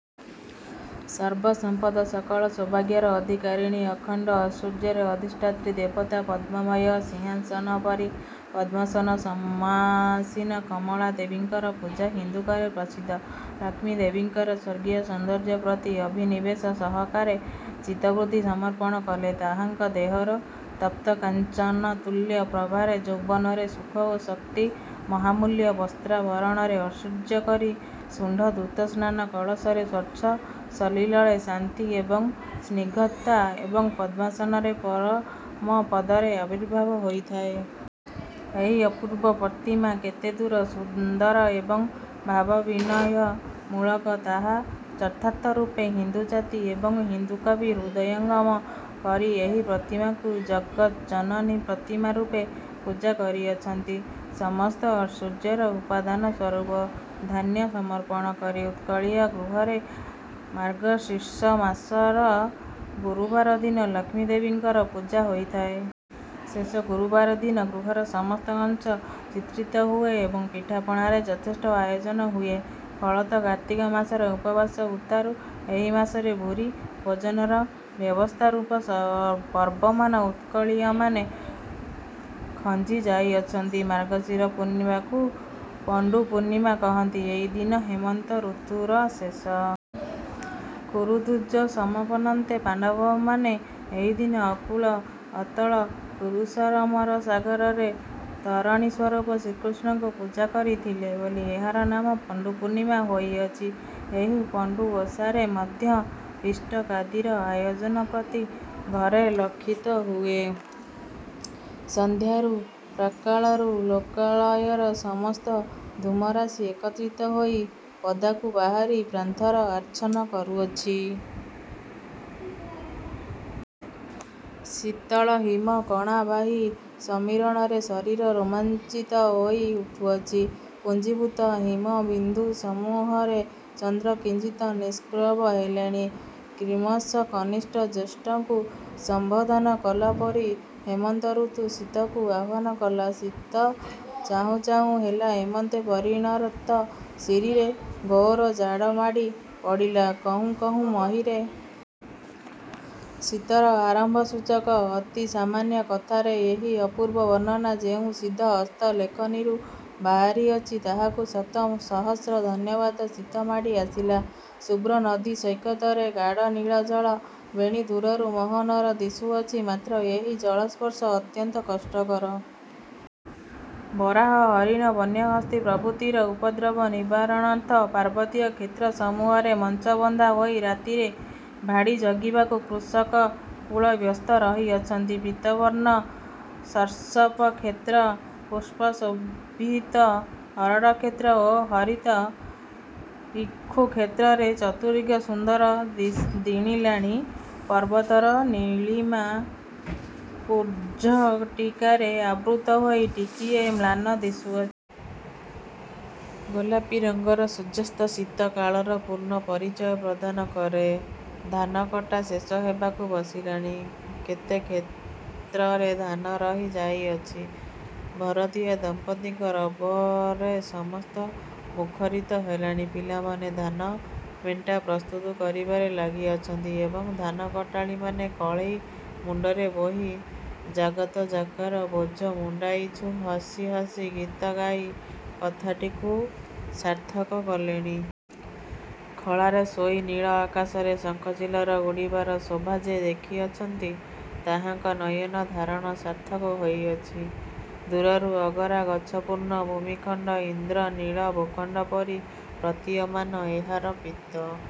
ସର୍ବ ସମ୍ପଦ ସକଳ ସୌଭାଗ୍ୟର ଅଧିକାରିଣୀ, ଅଖଣ୍ଡ ଐଶ୍ୱର୍ଯ୍ୟର ଅଧିଷ୍ଠାତୀ ଦେବତା, ପଦ୍ମମୟ ସିଂହାସନୋପରି ପଦ୍ମାସନ ସମାସୀନ କମଳା ଦେବୀଙ୍କର ପୂଜା ହିନ୍ଦୁ ଘରେ ପ୍ରସିଦ୍ଧ। ଲକ୍ଷ୍ମୀଦେବୀଙ୍କର ସ୍ୱର୍ଗୀୟ ସୌନ୍ଦର୍ଯ୍ୟ ପ୍ରତି ଅଭିନିବେଶ ସହକାରେ ଚିତ୍ତବୃତ୍ତି ସମର୍ପଣ କଲେ ତାହାଙ୍କ ଦେହର ତପ୍ତକାଞ୍ଚନତୁଲ୍ୟ ପ୍ରଭାରେ ଯୌବନରେ ସୁଖ ଓ ଶକ୍ତି ମହାମୂଲ୍ୟ ବସ୍ତ୍ରା ଭରଣରେ ଐଶ୍ୱର୍ଯ୍ୟ, କରି ଶୁଣ୍ଢ ଧୃତ ସ୍ନାନ କଳସରେ ସ୍ୱଚ୍ଛ ସଲିଳରେ ଶାନ୍ତି ଏବଂ ସ୍ନିଗତା ଏବଂ ପଦ୍ମାସନରେ ପରମପଦରେ ଆବିର୍ଭାବ ହୋଇଥାଏ। ଏହି ଅପୂର୍ବ ପ୍ରତିମା କେତେଦୂର ସୁନ୍ଦର ଏବଂ ଭାବାଭିନୟମୂଳକ, ତାହା ଯଥାର୍ଥରୂପେ ହିନ୍ଦୁ ଜାତି ଏବଂ ହିନ୍ଦୁ କବି ହୃଦୟଙ୍ଗମ କରି ଏହି ପ୍ରତିମାକୁ ଜଗଜ୍ଜନନୀ ପ୍ରତିମାରୂପେ ପୂଜା କରିଅଛନ୍ତି। ସମସ୍ତ ଐଶ୍ୱର୍ଯ୍ୟର ଉପାଦାନସ୍ୱରୂପ ଧାନ୍ୟ ସମର୍ପଣ କରି ଉତ୍କଳୀୟ ଗୃହରେ ମାର୍ଗଶୀର୍ଷ ମାସର ଗୁରୁବାର ଦିନ ଲକ୍ଷ୍ମୀଦେବୀଙ୍କର ପୂଜା ହୋଇଥାଏ। ଶେଷ ଗୁରୁବାର ଦିନ ଗୃହର ସମସ୍ତ ଅଂଶ ଚିତ୍ରିତ ହୁଏ ଏବଂ ପିଠାପଣାର ଯଥେଷ୍ଟ ଆୟୋଜନ ହୁଏ। ଫଳତଃ କାର୍ତ୍ତିକ ମାସର ଉପବାସ ଉତ୍ତାରୁ ଏହି ମାସରେ ଭୂରି ଭୋଜନର ବ୍ୟବସ୍ଥାରୂପ ସ ପର୍ବମାନ ଉତ୍କଳୀୟମାନେ ଖଞ୍ଜି ଯାଇଅଛନ୍ତି। ମାର୍ଗଶିର ପୂର୍ଣ୍ଣିମାକୁ ପଣ୍ତୁ ପୂର୍ଣ୍ଣିମା କହନ୍ତି। ଏହି ଦିନ ହେମନ୍ତ ଋତୁର ଶେଷ। କୁରୁଦୁଜ ସମପନନ୍ତେ ପାଣ୍ତବମାନେ ଏହି ଦିନ ଅକୂଳ ଅତଳ କୁରୁସରମରସାଗରର ତରଣୀସ୍ୱରୂପ ଶ୍ରୀକୃଷ୍ଣଙ୍କୁ ପୂଜା କରିଥିଲେ ବୋଲି ଏହାର ନାମ ପଣ୍ତୁ ପୂର୍ଣ୍ଣିମା ହୋଇଅଛି। ଏହି ପଣ୍ତୁ ଓଷାରେ ମଧ୍ୟ ପିଷ୍ଟକାଦିର ଆୟୋଜନ ପ୍ରତି ଘରେ ଲକ୍ଷିତ ହୁଏ। ସନ୍ଧ୍ୟାରୁ ପ୍ରାକ୍କାଳରୁ ଲୋକାଳୟର ସମସ୍ତ ଧୂମରାଶି ଏକତ୍ରିତ ହୋଇ ପଦାକୁ ବାହାରି ପ୍ରାନ୍ତର ଆଚ୍ଛନ୍ନ କରୁଅଛି। ଶୀତଳ ହିମ କଣା ବାହୀ ସମୀରଣରେ ଶରୀର ରୋମାଞ୍ଚିତ ହୋଇ ଉଠୁଅଛି। ପୁଞ୍ଜୀଭୁତ ହିମବିନ୍ଦୁସମୂହରେ ଚନ୍ଦ୍ର କିଞ୍ଚିତ୍ ନିଷ୍ପ୍ରଭ ହେଲେଣି। କ୍ରିମଶଃ କନିଷ୍ଠ ଜ୍ୟେଷ୍ଠକୁ ସମ୍ଭୋଧନ କଲା ପରି ହେମନ୍ତ ଋତୁ ଶୀତକୁ ଆହ୍ଵାନ କଲା। ଶୀତ। ଚାହୁଁ ଚାହୁଁ ହେଲା ହେମନ୍ତ ପରିଣତ ଶିରିରେ ଘୋର ଜାଡ଼ ମାଡ଼ି ପଡ଼ିଲା କହୁଁ କହୁଁ ମହୀରେ। ଶୀତର ଆରମ୍ଭସୂଚକ ଅତି ସାମାନ୍ୟ କଥାରେ ଏହି ଅପୂର୍ବ ବର୍ଣ୍ଣନା ଯେଉଁ ସିଦ୍ଧ ହସ୍ତ ଲେଖନୀରୁ ବାହାରିଅଛି, ତାହାଙ୍କୁ ଶତ ସହମ୍ର ଧନ୍ୟବାଦ ଶୀତ ମାଡ଼ି ଆସିଲା। ଶୁଭ୍ର ନଦୀସୈକତରେ ଗାଢ଼ ନୀଳ ଜଳ ବେଣୀ ଦୂରରୁ ମହୋନର ଦିଶୁଅଛି, ମାତ୍ର ଏହି ଜଳସ୍ପର୍ଶ ଅତ୍ୟନ୍ତ କଷ୍ଟକର। ବରାହ, ହରିଣ, ବନ୍ୟହସ୍ତୀ ପ୍ରଭୃତିର ଉପଦ୍ରବ ନିବାରଣାର୍ଥ ପାର୍ବତୀୟ କ୍ଷେତ୍ରସମୂହରେ ମଞ୍ଚ ବନ୍ଧା ହୋଇ ରାତିରେ ଭାଡ଼ି ଜଗିବାକୁ କୃଷକକୁଳ ବ୍ୟସ୍ତ ରହିଅଛନ୍ତି। ପୀତବର୍ଣ୍ଣ ସର୍ଷପକ୍ଷେତ୍ର ପୁଷ୍ପଶୋଭିତ ହରଡ଼କ୍ଷେତ୍ର ଓ ହରିତ୍ ଇକ୍ଷୁକ୍ଷେତ୍ରରେ ଚତୁର୍ଦିଗ ସୁନ୍ଦର ଦିଶ ଦିଣିଲାଣି। ପର୍ବତର ନୀଳିମା କୁଜ୍ଝଟିକାରେ ଆବୃତ ହୋଇ ଟିକିଏ ମ୍ଳାନ ଦିଶୁଅଛି ଗୋଲାପୀ ରଙ୍ଗର ସୂର୍ଯ୍ୟାସ୍ତ ଶୀତ କାଳର ପୂର୍ଣ୍ଣ ପରିଚୟ ପ୍ରଦାନ କରେ। ଧାନ କଟା ଶେଷ ହେବାକୁ ବସିଲାଣି। କେତେ କ୍ଷେତ୍ରରେ ଧାନ ରହି ଯାଇଅଛି। ଭରତିଆ ଦମ୍ପତୀଙ୍କ ରବରେ ସମସ୍ତ ମୁଖରିତ ହେଲାଣି। ପିଲାମାନେ ଧାନ ମେଣ୍ଟା ପ୍ରସ୍ତୁତ କରିବାରେ ଲାଗିଅଛନ୍ତି ଏବଂ ଧାନକଟାଳିମାନେ କଳେଇ ମୁଣ୍ତରେ ବୋହି ଜଗତଯାକର ବୋଝ ମୁଣ୍ତାଇଛୁ ହସି ହସି ଗୀତ ଗାଇ କଥାଟିକୁ ସାର୍ଥକ କଲେଣି। ଖଳାରେ ଶୋଇ ନୀଳ ଆକାଶରେ ଶଙ୍ଖଚିଲର ଉଡ଼ିବାର ଶୋଭା ଯେ ଦେଖିଅଛନ୍ତି, ତାହାଙ୍କ ନୟନଧାରଣ ସାର୍ଥକ ହୋଇଅଛି। ଦୂରରୁ ଅଗରା। ଗଛପୂର୍ଣ୍ଣ ଭୂମିଖଣ୍ତ ଇନ୍ଦ୍ର ନୀଳ ଭୂଖଣ୍ତ ପରି ପ୍ରତୀୟମାନ ଏହାର ପୀତ।